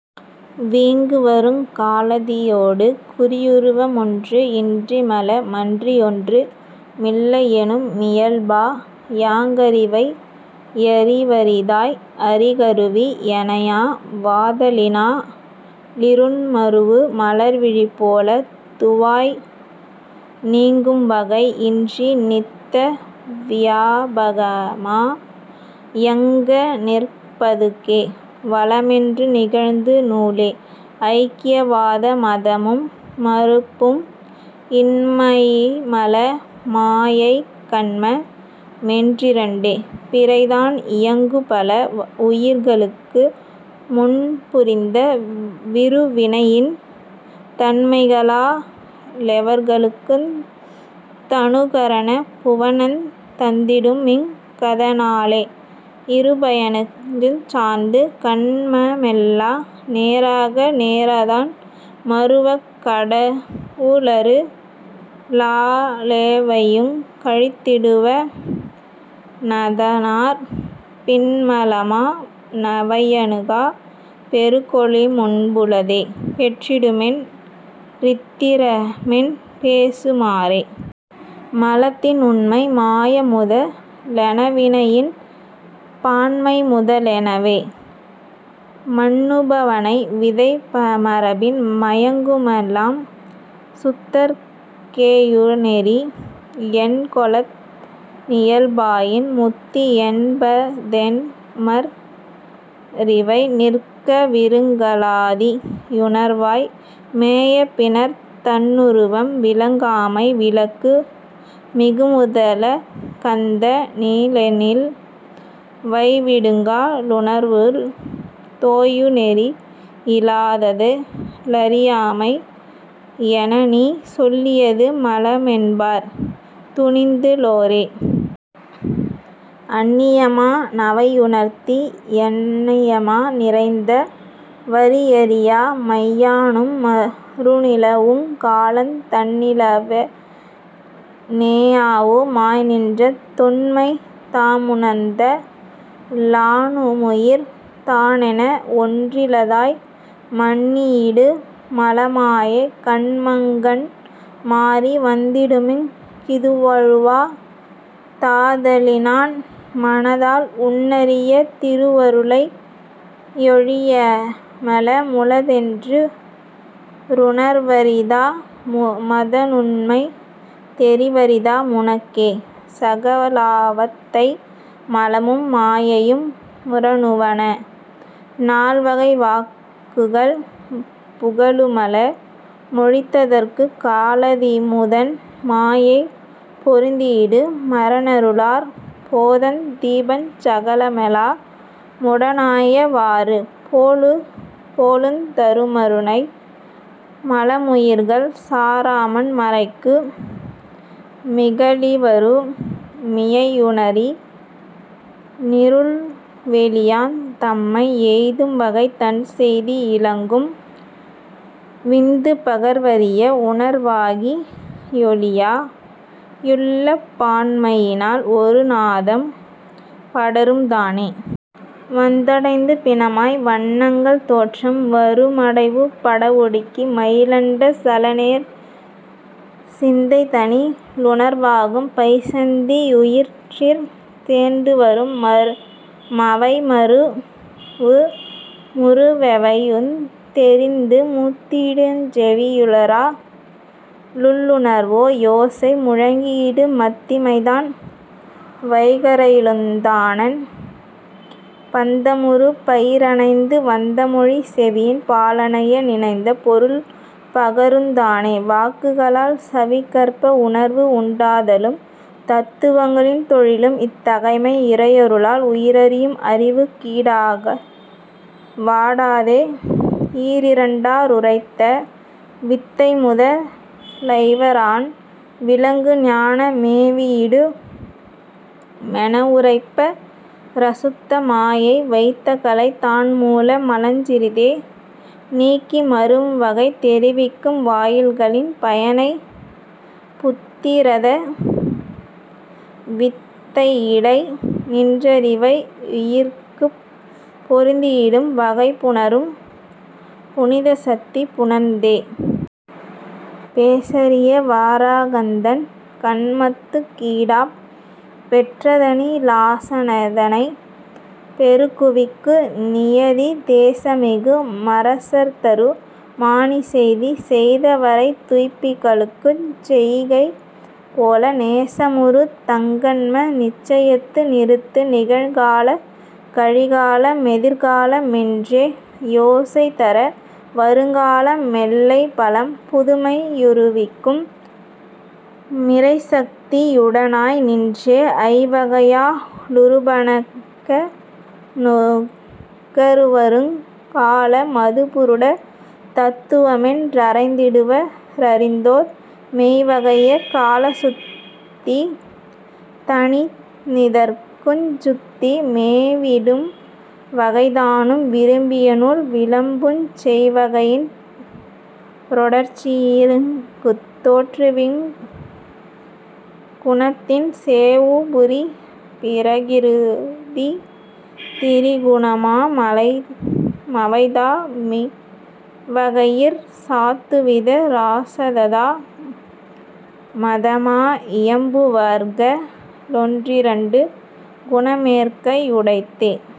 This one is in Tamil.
வீங்குவருங் காலாதியொடு குறியுருவ மொன்று இன்றிமல மன்றியொன்று மில்லையெனு மியல்பா யாங்கறிவை யறிவரிதாய் அறிகருவி யணையா வாதலினா லிருண்மருவு மலர்விழிபோல துவாய் நீங்கும்வகை யின்றி நித்த வியாபகமா யங்க ணிற்பதுகே வலமென்று நிகழ்த்து நூலே. ஐக்கியவாத மதமும் மறுப்பும் இன்மைமல மாயைகன்ம மென்றிரண்டே யிறைதான் இலங்குபல வுயிர்களு முன்புரிந்த விருவினையின் தன்மைகளா லெவர்களுக்குந் தனுகரண புவனந் தந்திடுமிங் கதனாலே யிருபயனுஞ் சார்ந்து கன்மமெலா நேராக நேராதன் மருவக் கடவுளரு ளாலெவையுங் கழித்திடுவ னதனாற் பின்மலமா னவையணுகா பெருகொளிமுன்புளதே பெற்றிடுமென் றித்திறமென் பேசு மாறே. மலத்தின் உண்மை மாயைமுத லெனவினையின் பான்மைமுதலெனவே மன்னுபனை விதைமரபின் மயங்குமலம் சுத்தற் கேயுநெறி யென்கொலத னியல்பாயின் முத்தி என்பதென்மற் றிவை நிற்க விருங்கலாதி யுணர்வாய் மேய பினர்த் தன்னுருவம் விளங்காமை விளக்கு மிகுமுலகந்த னிலென்னிலி வைவிடுங்கா லுணர்வுள் தோயுநெறி யிலதாத லறியாமை யெனநீ சொல்லியது மலமென்பர் துணிந்து ளோரே. அந்நியமா னவையுணர்த்தி யந்நியமாய் நிறைந்த வறிவறியா மையானு மருணிலவுங் காலந் தன்னிலவ னேயாவு மாய்நின்ற தொன்மை தாமுணர்த லானுமுயிர் தானென வொன்றிலதாய் மன்னியிடு மலமாயை கன்மங்கண் மாறி வந்திடுமிங் கிதுவழுவா தாதலினான் மனத்தால் உன்னரிய திருவருளை யொழியமல முளதென் றுணர்வரிதா மதனுண்மை தெரிவரிதா முனக்கே.. சகலாவத்தை மலமும் மாயையும் முரனுவன: நால்வகை வாக்குகள் புகலுமல மொழித்தற்குக் காலதிமுதன் மாயை பொருந்தியிடு மரனருளாற் போதந் தீபஞ் சகலமெலா முடனாய வாறு போலுந் தருமருளை மலமுயிர்கள் சாராமன் மறைக்கு மிகலிவரு மியையுணரி னிருள்வெளியாந் தன்மை எய்தும் வகை தன்செய்தி யிலங்கும் விந்து பகர்வரிய வுணர்வாகி யொளியா யுள்ளப் பான்மையினால் ஒரு நாதம் படரும் தானே. வந்தடைந்து பினமாய் வன்னங்கள் தோற்றம் வருமடைவு படவொடுக்கி மயிலண்ட சலநேர் சிந்தைதனி லுணர்வாகும் பைசந்தி யுயிரிற் சேர்ந்துவரு மவைமருவு முருவெவையுந் தெரித்து முந்தியிடுஞ் செவியிலுறா துள்ளணர்வா யோசை முழங்கியிடு மத்திமைதான் வைகரியிலுதானன் பந்தமுறு பயிரணைந்து வந்தமொழி செவியின் பாலணைய நினைந்த பொருள் பகருந் தானே. வாக்குகளால் சவிகற்ப உணர்வு உண்டாதலும் தத்துவங்களின் தொழிலும் இத்தகைமை இறையருளால் உயிரறியும் அறிவுக் கீடாக வாடாதே யீரிரண்டா னுரைத்த வித்தைமுத லைவரான் விளங்கு ஞான மேவியிடு மெனவுரைப்ப ரசுத்த மாயை வைத்தகலை தான்மூல மலஞ்சிறிதே நீக்கி மருவும்வகை தெரிவிக்கும் வாயில்களின் பயனைப் புத்திதர வித்தையிடை நின்றறிவை யுயிர்க்குப் பொருந்தியிடும் வகைபுணரும் புனிதசத்தி புணர்ந்தே. பேசரிய வராகந்தன் கன்மத்துக் கீடாப் பெற்றதனி லாசைதனைப் பெருகுவிக்கு நியதி தேசமிகு மரசர்தரு மாணி செய்தி செய்தவரைத் துய்ப்பிக்குஞ் செய்கை போல நேசமுறு தங்கன்ம நிச்சயித்து நிறுத்து நிகழ்காலங் கழிகால மெதிர்கால மென்றே யோசைதர வருங்கால மெல்லைபலம் புதுமை யுறுவிக்கு மிறைசக்தி யுடனாய் நின்றே. ஐவகையா லுறுபனக ணுகர்வருங் கால மதுபுருட தத்துவமென் றறைந்திடுவ ரறிந்தோர் மெய்வகைய கலாசுத்தி தனினிதற்குஞ் சுத்தி மேவியிடும் வகைதானும் விரும்பிய நூல் விளம்புஞ் செய்வகையின் றொடர்ச்சியிங்குத் தோற்றுவிக்குங் குணத்தின் சேர்வுபுரி பிரகிருதி திரிகுணமா மவைதா மிவ்வகையிற் சாத்துவித ராசததா மதமா இயம்புவர்க ளொன்றிரண்டு குணமேற்கை யுடைத்தே.